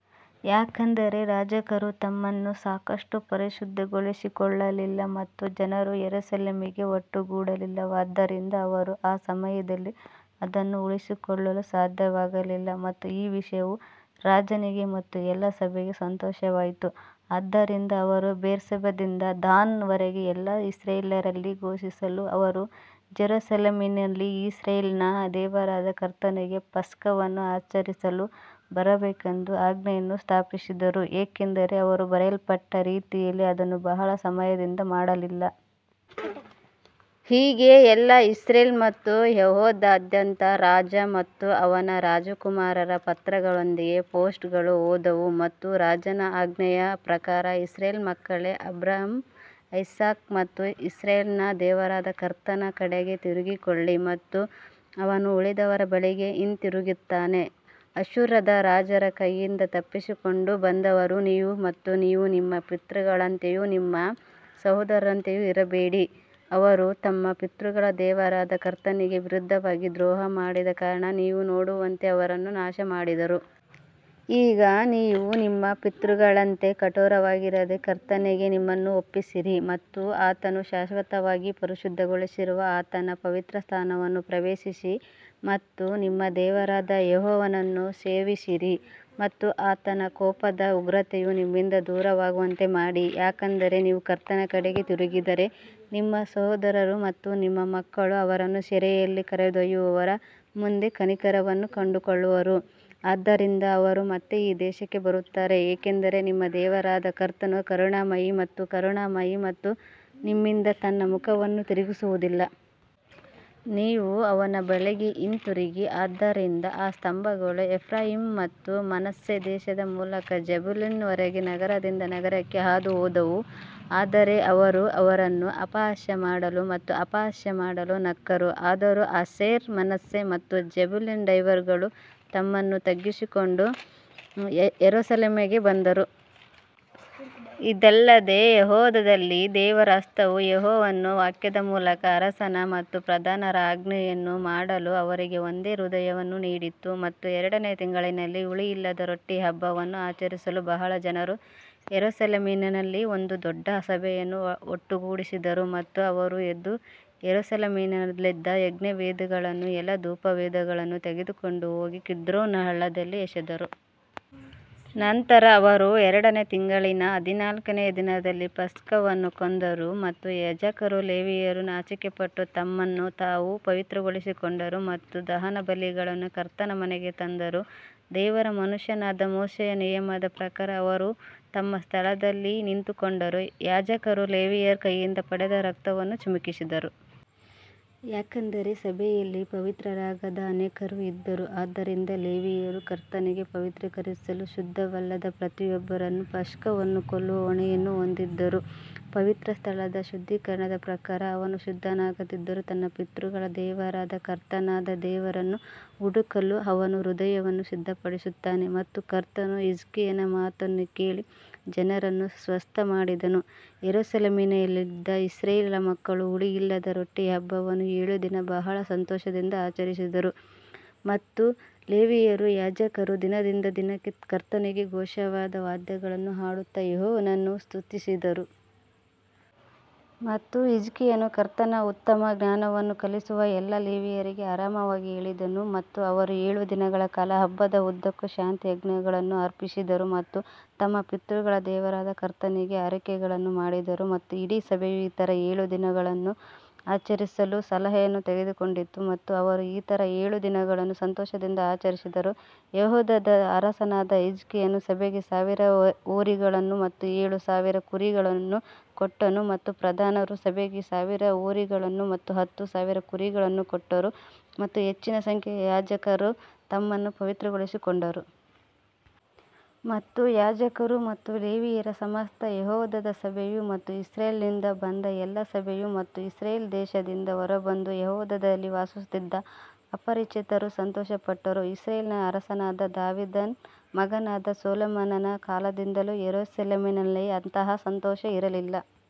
ಯಾಕಂದರೆ ಯಾಜಕರು ತಮ್ಮನ್ನು ಸಾಕಷ್ಟು ಪರಿಶುದ್ಧಗೊಳಿಸಿಕೊಳ್ಳಲಿಲ್ಲ ಮತ್ತು ಜನರು ಯೆರೂಸಲೇಮಿಗೆ ಒಟ್ಟುಗೂಡಲಿಲ್ಲವಾದ್ದರಿಂದ ಅವರು ಆ ಸಮಯದಲ್ಲಿ ಅದನ್ನು ಉಳಿಸಿಕೊಳ್ಳಲು ಸಾಧ್ಯವಾಗಲಿಲ್ಲ. ಮತ್ತು ಈ ವಿಷಯವು ರಾಜನಿಗೆ ಮತ್ತು ಎಲ್ಲಾ ಸಭೆಗೆ ಸಂತೋಷವಾಯಿತು ಆದ್ದರಿಂದ ಅವರು ಬೇರ್ಷೆಬದಿಂದ ದಾನ್ ವರೆಗೆ ಎಲ್ಲಾ ಇಸ್ರಾಯೇಲ್ಯರಲ್ಲಿ ಘೋಷಿಸಲು ಅವರು ಜೆರುಸಲೇಮಿನಲ್ಲಿ ಇಸ್ರಾಯೇಲಿನ ದೇವರಾದ ಕರ್ತನಿಗೆ ಪಸ್ಕವನ್ನು ಆಚರಿಸಲು ಬರಬೇಕೆಂದು ಆಜ್ಞೆಯನ್ನು ಸ್ಥಾಪಿಸಿದರು, ಏಕೆಂದರೆ ಅವರು ಬರೆಯಲ್ಪಟ್ಟ ರೀತಿಯಲ್ಲಿ ಅದನ್ನು ಬಹಳ ಸಮಯದಿಂದ ಮಾಡಲಿಲ್ಲ. ಹೀಗೆ ಎಲ್ಲಾ ಇಸ್ರೇಲ್ ಮತ್ತು ಯೆಹೂದದಾದ್ಯಂತ ರಾಜ ಮತ್ತು ಅವನ ರಾಜಕುಮಾರರ ಪತ್ರಗಳೊಂದಿಗೆ ಪೋಸ್ಟ್ಗಳು ಹೋದವು ಮತ್ತು ರಾಜನ ಆಜ್ಞೆಯ ಪ್ರಕಾರ ಇಸ್ರಾಯೇಲ್ ಮಕ್ಕಳೇ ಅಬ್ರಹಾಂ ಐಸಾಕ್ ಮತ್ತು ಇಸ್ರಾಯೇಲ್ನ ದೇವರಾದ ಕರ್ತನ ಕಡೆಗೆ ತಿರುಗಿಕೊಳ್ಳಿ ಮತ್ತು ಅವನು ಉಳಿದವರ ಬಳಿಗೆ ಹಿಂತಿರುಗುತ್ತಾನೆ. ಅಶ್ಶೂರದ ರಾಜರ ಕೈಯಿಂದ ತಪ್ಪಿಸಿಕೊಂಡು ಬಂದವರು ನೀವು ಮತ್ತು ನೀವು ನಿಮ್ಮ ಪಿತೃಗಳಂತೆಯೂ ನಿಮ್ಮ ಸಹೋದರರಂತೆಯೂ ಇರಬೇಡಿರಿ, ಅವರು ತಮ್ಮ ಪಿತೃಗಳ ದೇವರಾದ ಕರ್ತನಿಗೆ ವಿರುದ್ಧವಾಗಿ ದ್ರೋಹ ಮಾಡಿದ ಕಾರಣ ನೀವು ನೋಡುವಂತೆ ಅವರನ್ನು ನಾಶಮಾಡಿದರು. ಈಗ ನೀವು ನಿಮ್ಮ ಪಿತೃಗಳಂತೆ ಕಠೋರವಾಗಿರದೆ ಕರ್ತನಿಗೆ ನಿಮ್ಮನ್ನು ಒಪ್ಪಿಸಿರಿ ಮತ್ತು ಆತನು ಶಾಶ್ವತವಾಗಿ ಪರಿಶುದ್ಧಗೊಳಿಸಿರುವ ಆತನ ಪವಿತ್ರಸ್ಥಾನವನ್ನು ಪ್ರವೇಶಿಸಿ ಮತ್ತು ನಿಮ್ಮ ದೇವರಾದ ಯೆಹೋವನನ್ನು ಸೇವಿಸಿರಿ ಮತ್ತು ಆತನ ಕೋಪದ ಉಗ್ರತೆಯು ನಿಮ್ಮಿಂದ ದೂರವಾಗುವಂತೆ ಮಾಡಿ. ಯಾಕಂದರೆ ನೀವು ಕರ್ತನ ಕಡೆಗೆ ತಿರುಗಿದರೆ ನಿಮ್ಮ ಸಹೋದರರು ಮತ್ತು ನಿಮ್ಮ ಮಕ್ಕಳು ಅವರನ್ನು ಸೆರೆಯಲ್ಲಿ ಕರೆದೊಯ್ಯುವವರ ಮುಂದೆ ಕನಿಕರವನ್ನು ಕಂಡುಕೊಳ್ಳುವರು, ಆದ್ದರಿಂದ ಅವರು ಮತ್ತೆ ಈ ದೇಶಕ್ಕೆ ಬರುತ್ತಾರೆ, ಏಕೆಂದರೆ ನಿಮ್ಮ ದೇವರಾದ ಕರ್ತನು ಕರುಣಾಮಯಿ ಮತ್ತು ಕರುಣಾಮಯಿ ಮತ್ತು ನಿಮ್ಮಿಂದ ತನ್ನ ಮುಖವನ್ನು ತಿರುಗಿಸುವುದಿಲ್ಲ. ನೀವು ಅವನ ಬಳಿಗೆ ಹಿಂತಿರುಗಿ ಆದ್ದರಿಂದ ಆ ಸ್ತಂಭಗಳು ಎಫ್ರಾಯೀಮ್ ಮತ್ತು ಮನಸ್ಸೆ ದೇಶದ ಮೂಲಕ ಜೆಬುಲೂನ್ ವರೆಗೆ ನಗರದಿಂದ ನಗರಕ್ಕೆ ಹಾದುಹೋದವು ಆದರೆ ಅವರು ಅವರನ್ನು ಅಪಹಾಸ್ಯ ಮಾಡಲು ಮತ್ತು ಅಪಹಾಸ್ಯ ಮಾಡಲು ನಕ್ಕರು. ಆದರೂ ಆಶೇರ್, ಮನಸ್ಸೆ ಮತ್ತು ಜೆಬುಲೂನ್ನ ಡೈವರ್ಗಳು ತಮ್ಮನ್ನು ತಗ್ಗಿಸಿಕೊಂಡು ಯೆರೂಸಲೇಮಿಗೆ ಬಂದರು. ಇದಲ್ಲದೆ ಯೆಹೂದದಲ್ಲಿ ದೇವರ ಹಸ್ತವು ಯೆಹೋವನ ವಾಕ್ಯದ ಮೂಲಕ ಅರಸನ ಮತ್ತು ಪ್ರಧಾನರ ಆಜ್ಞೆಯನ್ನು ಮಾಡಲು ಅವರಿಗೆ ಒಂದೇ ಹೃದಯವನ್ನು ನೀಡಿತು. ಮತ್ತು ಎರಡನೆಯ ತಿಂಗಳಿನಲ್ಲಿ ಹುಳಿಯಿಲ್ಲದ ರೊಟ್ಟಿಯ ಹಬ್ಬವನ್ನು ಆಚರಿಸಲು ಬಹಳ ಜನರು ಯೆರೂಸಲೇಮಿನಲ್ಲಿ ಒಂದು ದೊಡ್ಡ ಸಭೆಯನ್ನು ಒಟ್ಟುಗೂಡಿಸಿದರು. ಮತ್ತು ಅವರು ಎದ್ದು ಯೆರೂಸಲೇಮಿನಲ್ಲಿದ್ದ ಯಜ್ಞವೇದಿಗಳನ್ನೂ ಎಲ್ಲಾ ಧೂಪವೇದಿಗಳನ್ನೂ ತೆಗೆದುಕೊಂಡು ಹೋಗಿ ಕಿದ್ರೋನ್ ಹಳ್ಳದಲ್ಲಿ ಎಸೆದರು. ನಂತರ ಅವರು ಎರಡನೇ ತಿಂಗಳಿನ ಹದಿನಾಲ್ಕನೆಯ ದಿನದಲ್ಲಿ ಪಸ್ಕವನ್ನು ಕೊಂದರು ಮತ್ತು ಯಾಜಕರೂ ಲೇವಿಯರೂ ನಾಚಿಕೆಪಟ್ಟು ತಮ್ಮನ್ನು ತಾವು ಪವಿತ್ರಗೊಳಿಸಿಕೊಂಡರು ಮತ್ತು ದಹನಬಲಿಗಳನ್ನು ಕರ್ತನ ಮನೆಗೆ ತಂದರು. ದೇವರ ಮನುಷ್ಯನಾದ ಮೋಶೆಯ ನಿಯಮದ ಪ್ರಕಾರ ಅವರು ತಮ್ಮ ಸ್ಥಳದಲ್ಲಿ ನಿಂತುಕೊಂಡರು, ಯಾಜಕರು ಲೇವಿಯರ ಕೈಯಿಂದ ಪಡೆದ ರಕ್ತವನ್ನು ಚಿಮುಕಿಸಿದರು. ಯಾಕಂದರೆ ಸಭೆಯಲ್ಲಿ ಪವಿತ್ರರಾಗದ ಅನೇಕರು ಇದ್ದರು, ಆದ್ದರಿಂದ ಲೇವಿಯರು ಕರ್ತನಿಗೆ ಪವಿತ್ರೀಕರಿಸಲು ಶುದ್ಧವಲ್ಲದ ಪ್ರತಿಯೊಬ್ಬರನ್ನೂ ಪಸ್ಕವನ್ನು ಕೊಲ್ಲುವ ಹೊಣೆಯನ್ನು ಹೊಂದಿದ್ದರು. ಪವಿತ್ರಸ್ಥಳದ ಶುದ್ಧೀಕರಣದ ಪ್ರಕಾರ ಅವನು ಶುದ್ಧನಾಗದಿದ್ದರೂ ತನ್ನ ಪಿತೃಗಳ ದೇವರಾದ ಕರ್ತನಾದ ದೇವರನ್ನು ಹುಡುಕಲು ಅವನ ಹೃದಯವನ್ನು ಸಿದ್ಧಪಡಿಸುತ್ತಾನೆ. ಮತ್ತು ಕರ್ತನು ಹಿಜ್ಕೀಯನ ಮಾತನ್ನು ಕೇಳಿ ಜನರನ್ನು ಸ್ವಸ್ಥಮಾಡಿದನು ಯೆರೂಸಲೇಮಿನಲ್ಲಿದ್ದ ಇಸ್ರಾಯೇಲ್ ಮಕ್ಕಳು ಹುಳಿಯಿಲ್ಲದ ರೊಟ್ಟಿಯ ಹಬ್ಬವನ್ನು ಏಳು ದಿನ ಬಹಳ ಸಂತೋಷದಿಂದ ಆಚರಿಸಿದರು ಮತ್ತು ಲೇವಿಯರೂ ಯಾಜಕರೂ ದಿನದಿಂದ ದಿನಕ್ಕೆ ಕರ್ತನಿಗೆ ಘೋಷವಾದ ವಾದ್ಯಗಳನ್ನು ಹಾಡುತ್ತಾ ಯೆಹೋವನನ್ನು ಸ್ತುತಿಸಿದರು. ಮತ್ತು ಹಿಜ್ಕೀಯನು ಕರ್ತನ ಉತ್ತಮ ಜ್ಞಾನವನ್ನು ಕಲಿಸುವ ಎಲ್ಲಾ ಲೇವಿಯರಿಗೆ ಆರಾಮವಾಗಿ ಹೇಳಿದನು ಮತ್ತು ಅವರು ಏಳು ದಿನಗಳ ಕಾಲ ಹಬ್ಬದ ಉದ್ದಕ್ಕೂ ಶಾಂತಿಯಜ್ಞಗಳನ್ನು ಅರ್ಪಿಸಿದರು ಮತ್ತು ತಮ್ಮ ಪಿತೃಗಳ ದೇವರಾದ ಕರ್ತನಿಗೆ ಅರಿಕೆಗಳನ್ನು ಮಾಡಿದರು. ಮತ್ತು ಇಡೀ ಸಭೆಯು ಇತರ ಏಳು ದಿನಗಳನ್ನು ಆಚರಿಸಲು ಸಲಹೆಯನ್ನು ತೆಗೆದುಕೊಂಡಿತು ಮತ್ತು ಅವರು ಇತರ ಏಳು ದಿನಗಳನ್ನು ಸಂತೋಷದಿಂದ ಆಚರಿಸಿದರು ಯೆಹೂದದ ಅರಸನಾದ ಹಿಜ್ಕೀಯನು ಸಭೆಗೆ ಸಾವಿರ ಹೋರಿಗಳನ್ನು ಮತ್ತು ಏಳು ಸಾವಿರ ಕುರಿಗಳನ್ನು ಕೊಟ್ಟನು ಮತ್ತು ಪ್ರಧಾನರು ಸಭೆಗೆ ಸಾವಿರ ಹೋರಿಗಳನ್ನು ಮತ್ತು ಹತ್ತು ಸಾವಿರ ಕುರಿಗಳನ್ನು ಕೊಟ್ಟರು ಮತ್ತು ಹೆಚ್ಚಿನ ಸಂಖ್ಯೆಯ ಯಾಜಕರು ತಮ್ಮನ್ನು ಪವಿತ್ರಗೊಳಿಸಿಕೊಂಡರು. ಮತ್ತು ಯಾಜಕರು ಮತ್ತು ಲೇವಿಯರ ಸಮಸ್ತ ಯೆಹೂದದ ಸಭೆಯು ಮತ್ತು ಇಸ್ರಾಯೇಲ್ನಿಂದ ಬಂದ ಎಲ್ಲಾ ಸಭೆಯು ಮತ್ತು ಇಸ್ರಾಯೇಲ್ ದೇಶದಿಂದ ಹೊರಬಂದು ಯೆಹೂದದಲ್ಲಿ ವಾಸಿಸುತ್ತಿದ್ದ ಅಪರಿಚಿತರು ಸಂತೋಷಪಟ್ಟರು. ಇಸ್ರಾಯೇಲಿನ ಅರಸನಾದ ದಾವೀದನ ಮಗನಾದ ಸೊಲೊಮೋನನ ಕಾಲದಿಂದಲೂ ಯೆರೂಸಲೇಮಿನಲ್ಲಿ ಅಂತಹ ಸಂತೋಷ ಇರಲಿಲ್ಲ.